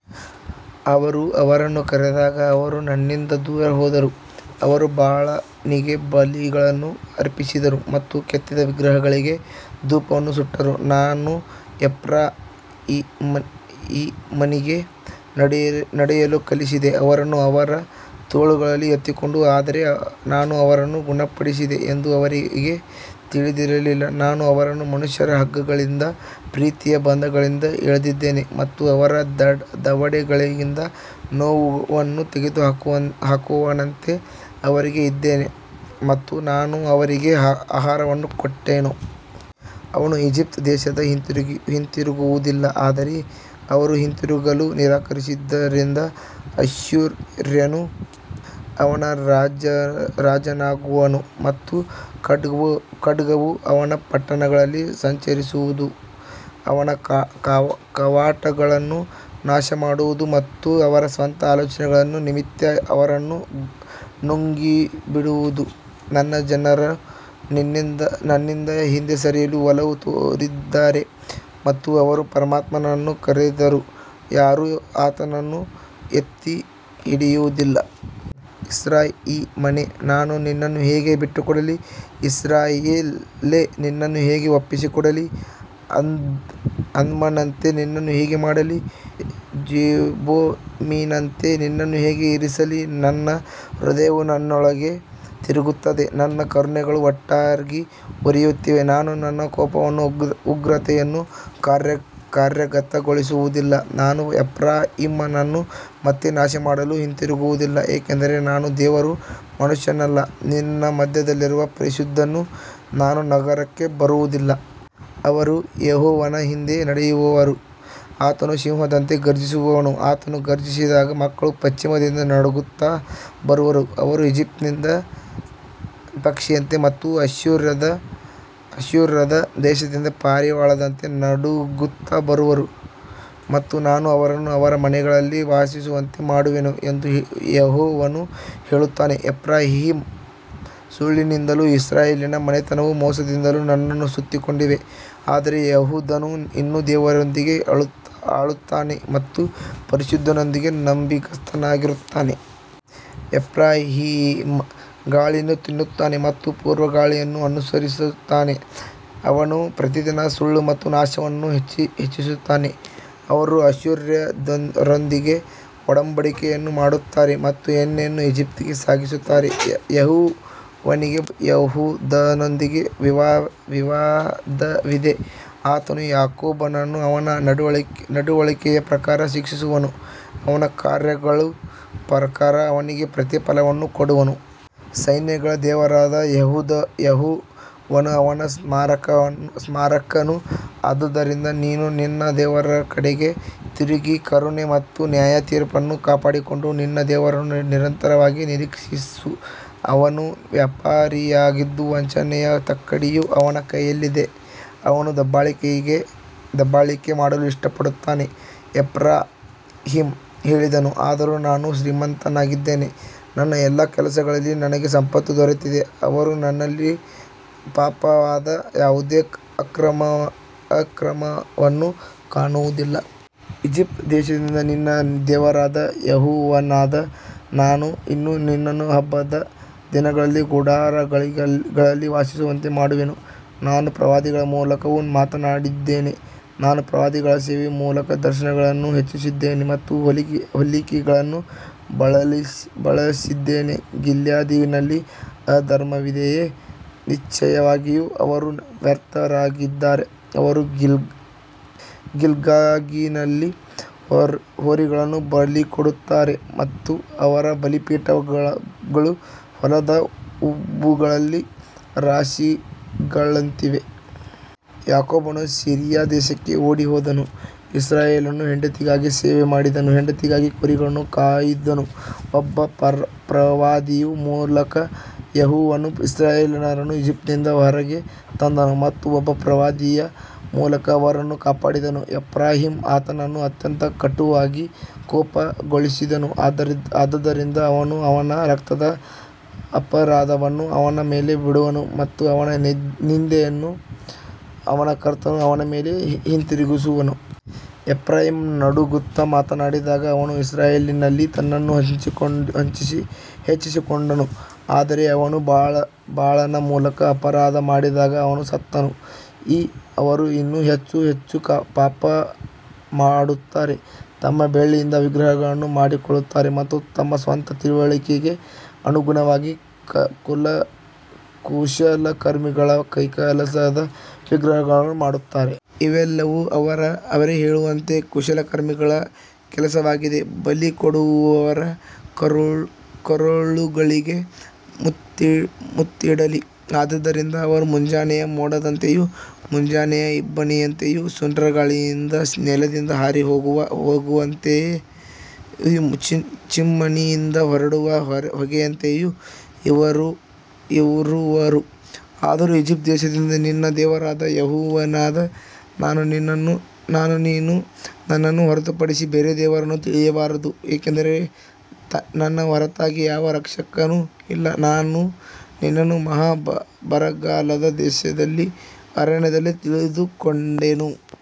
ಅವರು ಅವರನ್ನು ಕರೆದಾಗ ಅವರು ನನ್ನಿಂದ ದೂರ ಹೋದರು, ಅವರು ಬಾಳನಿಗೆ ಬಲಿಗಳನ್ನು ಅರ್ಪಿಸಿದರು ಮತ್ತು ಕೆತ್ತಿದ ವಿಗ್ರಹಗಳಿಗೆ ಧೂಪವನ್ನು ಸುಟ್ಟರು. ನಾನು ಎಫ್ರಾಯೀಮನಿಗೆ ನಡೆಯಲು ಕಲಿಸಿದೆ, ಅವರನ್ನು ಅವರ ತೋಳುಗಳಲ್ಲಿ ಎತ್ತಿಕೊಂಡೆ, ಆದರೆ ನಾನು ಅವರನ್ನು ಗುಣಪಡಿಸಿದೆ ಎಂದು ಅವರಿಗೆ ತಿಳಿದಿರಲಿಲ್ಲ. ನಾನು ಅವರನ್ನು ಮನುಷ್ಯರ ಹಗ್ಗಗಳಿಂದ, ಪ್ರೀತಿಯ ಬಂಧಗಳಿಂದ ಎಳೆದಿದ್ದೇನೆ, ಮತ್ತು ಅವರ ದವಡೆಗಳಿಂದ ನೊಗವನ್ನು ತೆಗೆದುಹಾಕುವವನಂತೆ ಅವರಿಗೆ ಇದ್ದೆನು, ಮತ್ತು ನಾನು ಅವರಿಗೆ ಆಹಾರವನ್ನು ಕೊಟ್ಟೆನು. ಅವನು ಈಜಿಪ್ಟ್ ದೇಶಕ್ಕೆ ಹಿಂತಿರುಗುವುದಿಲ್ಲ, ಆದರೆ ಅವರು ಹಿಂತಿರುಗಲು ನಿರಾಕರಿಸಿದ್ದರಿಂದ ಅಶ್ಶೂರ್ಯನು ಅವನ ರಾಜನಾಗುವನು, ಮತ್ತು ಖಡ್ಗವು ಅವನ ಪಟ್ಟಣಗಳಲ್ಲಿ ಸಂಚರಿಸುವುದು, ಅವನ ಕವಾಟಗಳನ್ನು ನಾಶಮಾಡುವುದು ಮತ್ತು ಅವರ ಸ್ವಂತ ಆಲೋಚನೆಗಳ ನಿಮಿತ್ತ ಅವರನ್ನು ನುಂಗಿಬಿಡುವುದು. ನನ್ನ ಜನರು ನನ್ನಿಂದ ಹಿಂದೆ ಸರಿಯಲು ಒಲವು ತೋರಿದ್ದಾರೆ, ಮತ್ತು ಅವರು ಪರಮಾತ್ಮನನ್ನು ಕರೆದರೂ ಯಾರೂ ಆತನನ್ನು ಎತ್ತಿಹಿಡಿಯುವುದಿಲ್ಲ. ಎಫ್ರಾಯೀಮನೇ, ನಾನು ನಿನ್ನನ್ನು ಹೇಗೆ ಬಿಟ್ಟುಕೊಡಲಿ, ಇಸ್ರಾಯೇಲೇ, ನಿನ್ನನ್ನು ಹೇಗೆ ಒಪ್ಪಿಸಿಕೊಡಲಿ, ಅದ್ಮನಂತೆ ನಿನ್ನನ್ನು ಹೇಗೆ ಮಾಡಲಿ, ಜೆಬೋಯಿಮಿನಂತೆ ನಿನ್ನನ್ನು ಹೇಗೆ ಇರಿಸಲಿ. ನನ್ನ ಹೃದಯವು ನನ್ನೊಳಗೆ ತಿರುಗುತ್ತದೆ, ನನ್ನ ಕರುಣೆಗಳು ಒಟ್ಟಾಗಿ ಉರಿಯುತ್ತಿವೆ. ನಾನು ನನ್ನ ಕೋಪದ ಉಗ್ರತೆಯನ್ನು ಕಾರ್ಯಗತಗೊಳಿಸುವುದಿಲ್ಲ, ನಾನು ಎಫ್ರಾಯೀಮನನ್ನು ಮತ್ತೆ ನಾಶಮಾಡಲು ಹಿಂದಿರುಗುವುದಿಲ್ಲ, ಏಕೆಂದರೆ ನಾನು ದೇವರು, ಮನುಷ್ಯನಲ್ಲ, ನಿನ್ನ ಮಧ್ಯದಲ್ಲಿರುವ ಪರಿಶುದ್ಧನು, ನಾನು ನಗರಕ್ಕೆ ಬರುವುದಿಲ್ಲ. ಅವರು ಯೆಹೋವನ ಹಿಂದೆ ನಡೆಯುವರು, ಆತನು ಸಿಂಹದಂತೆ ಘರ್ಜಿಸುವನು, ಆತನು ಘರ್ಜಿಸಿದಾಗ ಮಕ್ಕಳು ಪಶ್ಚಿಮದಿಂದ ನಡುಗುತ್ತಾ ಬರುವರು. ಅವರು ಈಜಿಪ್ಟಿನಿಂದ ಪಕ್ಷಿಯಂತೆ ಮತ್ತು ಅಶ್ಶೂರದ ದೇಶದಿಂದ ಪಾರಿವಾಳದಂತೆ ನಡುಗುತ್ತಾ ಬರುವರು, ಮತ್ತು ನಾನು ಅವರನ್ನು ಅವರ ಮನೆಗಳಲ್ಲಿ ವಾಸಿಸುವಂತೆ ಮಾಡುವೆನು ಎಂದು ಯೆಹೋವನು ಹೇಳುತ್ತಾನೆ. ಎಫ್ರಾಯೀಮ್ ಸುಳ್ಳಿನಿಂದಲೂ ಇಸ್ರಾಯೇಲಿನ ಮನೆತನವು ಮೋಸದಿಂದಲೂ ನನ್ನನ್ನು ಸುತ್ತಿಕೊಂಡಿವೆ, ಆದರೆ ಯೆಹೂದನು ಇನ್ನೂ ದೇವರೊಂದಿಗೆ ಆಳುತ್ತಾನೆ ಮತ್ತು ಪರಿಶುದ್ಧನೊಂದಿಗೆ ನಂಬಿಗಸ್ತನಾಗಿರುತ್ತಾನೆ. ಎಫ್ರಾಯೀಮ್ ಗಾಳಿಯನ್ನು ತಿನ್ನುತ್ತಾನೆ ಮತ್ತು ಪೂರ್ವಗಾಳಿಯನ್ನು ಅನುಸರಿಸುತ್ತಾನೆ, ಅವನು ಪ್ರತಿದಿನ ಸುಳ್ಳು ಮತ್ತು ನಾಶವನ್ನು ಹೆಚ್ಚಿಸುತ್ತಾನೆ, ಅವರು ಅಶ್ಶೂರ್ಯರೊಂದಿಗೆ ಒಡಂಬಡಿಕೆಯನ್ನು ಮಾಡುತ್ತಾರೆ ಮತ್ತು ಎಣ್ಣೆಯನ್ನು ಈಜಿಪ್ಟಿಗೆ ಸಾಗಿಸುತ್ತಾರೆ. ಯೆಹೋವನಿಗೆ ಯೆಹೂದನೊಂದಿಗೆ ವಿವಾದವಿದೆ, ಆತನು ಯಾಕೋಬನನ್ನು ಅವನ ನಡವಳಿಕೆಯ ಪ್ರಕಾರ ಶಿಕ್ಷಿಸುವನು, ಅವನ ಕಾರ್ಯಗಳ ಪ್ರಕಾರ ಅವನಿಗೆ ಪ್ರತಿಫಲವನ್ನು ಕೊಡುವನು. ಸೈನ್ಯಗಳ ದೇವರಾದ ಯೆಹೋವನು ಅವನ ಸ್ಮಾರಕನು. ಆದದರಿಂದ ನೀನು ನಿನ್ನ ದೇವರ ಕಡೆಗೆ ತಿರುಗಿ, ಕರುಣೆ ಮತ್ತು ನ್ಯಾಯತೀರ್ಪನ್ನು ಕಾಪಾಡಿಕೊಂಡು, ನಿನ್ನ ದೇವರನ್ನು ನಿರಂತರವಾಗಿ ನಿರೀಕ್ಷಿಸು. ಅವನು ವ್ಯಾಪಾರಿಯಾಗಿದ್ದು, ವಂಚನೆಯ ತಕ್ಕಡಿಯು ಅವನ ಕೈಯಲ್ಲಿದೆ, ಅವನು ದಬ್ಬಾಳಿಕೆ ಮಾಡಲು ಇಷ್ಟಪಡುತ್ತಾನೆ. ಎಫ್ರಾಯೀಮ್ ಹೇಳಿದನು, ಆದರೂ ನಾನು ಶ್ರೀಮಂತನಾಗಿದ್ದೇನೆ, ನನ್ನ ಎಲ್ಲಾ ಕೆಲಸಗಳಲ್ಲಿ ನನಗೆ ಸಂಪತ್ತು ದೊರೆತಿದೆ, ಅವರು ನನ್ನಲ್ಲಿ ಪಾಪವಾದ ಯಾವುದೇ ಅಕ್ರಮವನ್ನು ಕಾಣುವುದಿಲ್ಲ. ಈಜಿಪ್ಟ್ ದೇಶದಿಂದ ನಿನ್ನ ದೇವರಾದ ಯೆಹೋವನಾದ ನಾನು ಇನ್ನೂ ನಿನ್ನನ್ನು ಹಬ್ಬದ ದಿನಗಳಲ್ಲಿ ಗುಡಾರಗಳಲ್ಲಿ ವಾಸಿಸುವಂತೆ ಮಾಡುವೆನು. ನಾನು ಪ್ರವಾದಿಗಳ ಮೂಲಕವೂ ಮಾತನಾಡಿದ್ದೇನೆ, ನಾನು ಪ್ರವಾದಿಗಳ ಸೇವೆಯ ಮೂಲಕ ದರ್ಶನಗಳನ್ನು ಹೆಚ್ಚಿಸಿದ್ದೇನೆ ಮತ್ತು ಹೋಲಿಕೆಗಳನ್ನು ಬಳಸಿದ್ದೇನೆ. ಗಿಲ್ಯಾದಿನಲ್ಲಿ ಅಧರ್ಮವಿದೆಯೇ, ನಿಶ್ಚಯವಾಗಿಯೂ ಅವರು ವ್ಯರ್ಥರಾಗಿದ್ದಾರೆ. ಅವರು ಗಿಲ್ಗಾಲಿನಲ್ಲಿ ಹೋರಿಗಳನ್ನು ಬಲಿಕೊಡುತ್ತಾರೆ, ಮತ್ತು ಅವರ ಬಲಿಪೀಠಗಳು ಹೊಲದ ಉಬ್ಬುಗಳಲ್ಲಿ ರಾಶಿಗಳಂತಿವೆ. ಯಾಕೋಬನು ಸಿರಿಯಾ ದೇಶಕ್ಕೆ ಓಡಿಹೋದನು, ಇಸ್ರಾಯೇಲನು ಹೆಂಡತಿಗಾಗಿ ಸೇವೆಮಾಡಿದನು, ಹೆಂಡತಿಗಾಗಿ ಕುರಿಗಳನ್ನು ಕಾಯ್ದನು. ಒಬ್ಬ ಪ್ರವಾದಿಯ ಮೂಲಕ ಯೆಹೋವನು ಇಸ್ರಾಯೇಲರನ್ನು ಈಜಿಪ್ಟಿನಿಂದ ಹೊರಗೆ ತಂದನು, ಮತ್ತು ಒಬ್ಬ ಪ್ರವಾದಿಯ ಮೂಲಕ ಅವರನ್ನು ಕಾಪಾಡಿದನು. ಎಫ್ರಾಯೀಮ್ ಆತನನ್ನು ಅತ್ಯಂತ ಕಟುವಾಗಿ ಕೋಪಗೊಳಿಸಿದನು, ಆದದರಿಂದ ಅವನು ಅವನ ರಕ್ತದ ಅಪರಾಧವನ್ನು ಅವನ ಮೇಲೆ ಬಿಡುವನು ಮತ್ತು ಅವನ ನಿಂದೆಯನ್ನು ಅವನ ಕರ್ತನು ಅವನ ಮೇಲೆ ಹಿಂದಿರುಗಿಸುವನು. ಎಫ್ರಾಯೀಮ್ ನಡುಗುತ್ತಾ ಮಾತನಾಡಿದಾಗ ಅವನು ಇಸ್ರಾಯೇಲಿನಲ್ಲಿ ತನ್ನನ್ನು ಹೆಚ್ಚಿಸಿಕೊಂಡನು, ಆದರೆ ಅವನು ಬಾಳನ ಮೂಲಕ ಅಪರಾಧ ಮಾಡಿದಾಗ ಅವನು ಸತ್ತನು. ಈಗ ಅವರು ಇನ್ನೂ ಹೆಚ್ಚು ಹೆಚ್ಚು ಪಾಪಮಾಡುತ್ತಾರೆ, ತಮ್ಮ ಬೆಳ್ಳಿಯಿಂದ ವಿಗ್ರಹಗಳನ್ನು ಮಾಡಿಕೊಳ್ಳುತ್ತಾರೆ ಮತ್ತು ತಮ್ಮ ಸ್ವಂತ ತಿಳುವಳಿಕೆಗೆ ಅನುಗುಣವಾಗಿ ಕುಶಲಕರ್ಮಿಗಳ ಕೈಕೆಲಸದ ವಿಗ್ರಹಗಳನ್ನು ಮಾಡುತ್ತಾರೆ. ಇವೆಲ್ಲವೂ ಅವರೇ ಹೇಳುವಂತೆ ಕುಶಲಕರ್ಮಿಗಳ ಕೆಲಸವಾಗಿದೆ. ಬಲಿಕೊಡುವವರು ಕರುಗಳಿಗೆ ಮುತ್ತಿಡಲಿ. ಆದದರಿಂದ ಅವರು ಮುಂಜಾನೆಯ ಮೋಡದಂತೆಯೂ, ಮುಂಜಾನೆಯ ಇಬ್ಬನಿಯಂತೆಯೂ, ಸುಂಟರಗಾಳಿಯಿಂದ ನೆಲದಿಂದ ಹಾರಿಹೋಗುವ ಹೊಗೆಯಂತೆಯೂ, ಚಿಮಣಿಯಿಂದ ಹೊರಡುವ ಹೊಗೆಯಂತೆಯೂ ಇರುವರು. ಆದರೂ ಈಜಿಪ್ಟ್ ದೇಶದಿಂದ ನಿನ್ನ ದೇವರಾದ ಯೆಹೋವನಾದ ನಾನು, ನೀನು ನನ್ನನ್ನು ಹೊರತುಪಡಿಸಿ ಬೇರೆ ದೇವರನ್ನು ತಿಳಿಯಬಾರದು, ಏಕೆಂದರೆ ನನ್ನ ಹೊರತಾಗಿ ಯಾವ ರಕ್ಷಕನೂ ಇಲ್ಲ. ನಾನು ನಿನ್ನನ್ನು ಮಹಾ ಬರಗಾಲದ ದೇಶದಲ್ಲಿ, ಅರಣ್ಯದಲ್ಲಿ ತಿಳಿದುಕೊಂಡೆನು.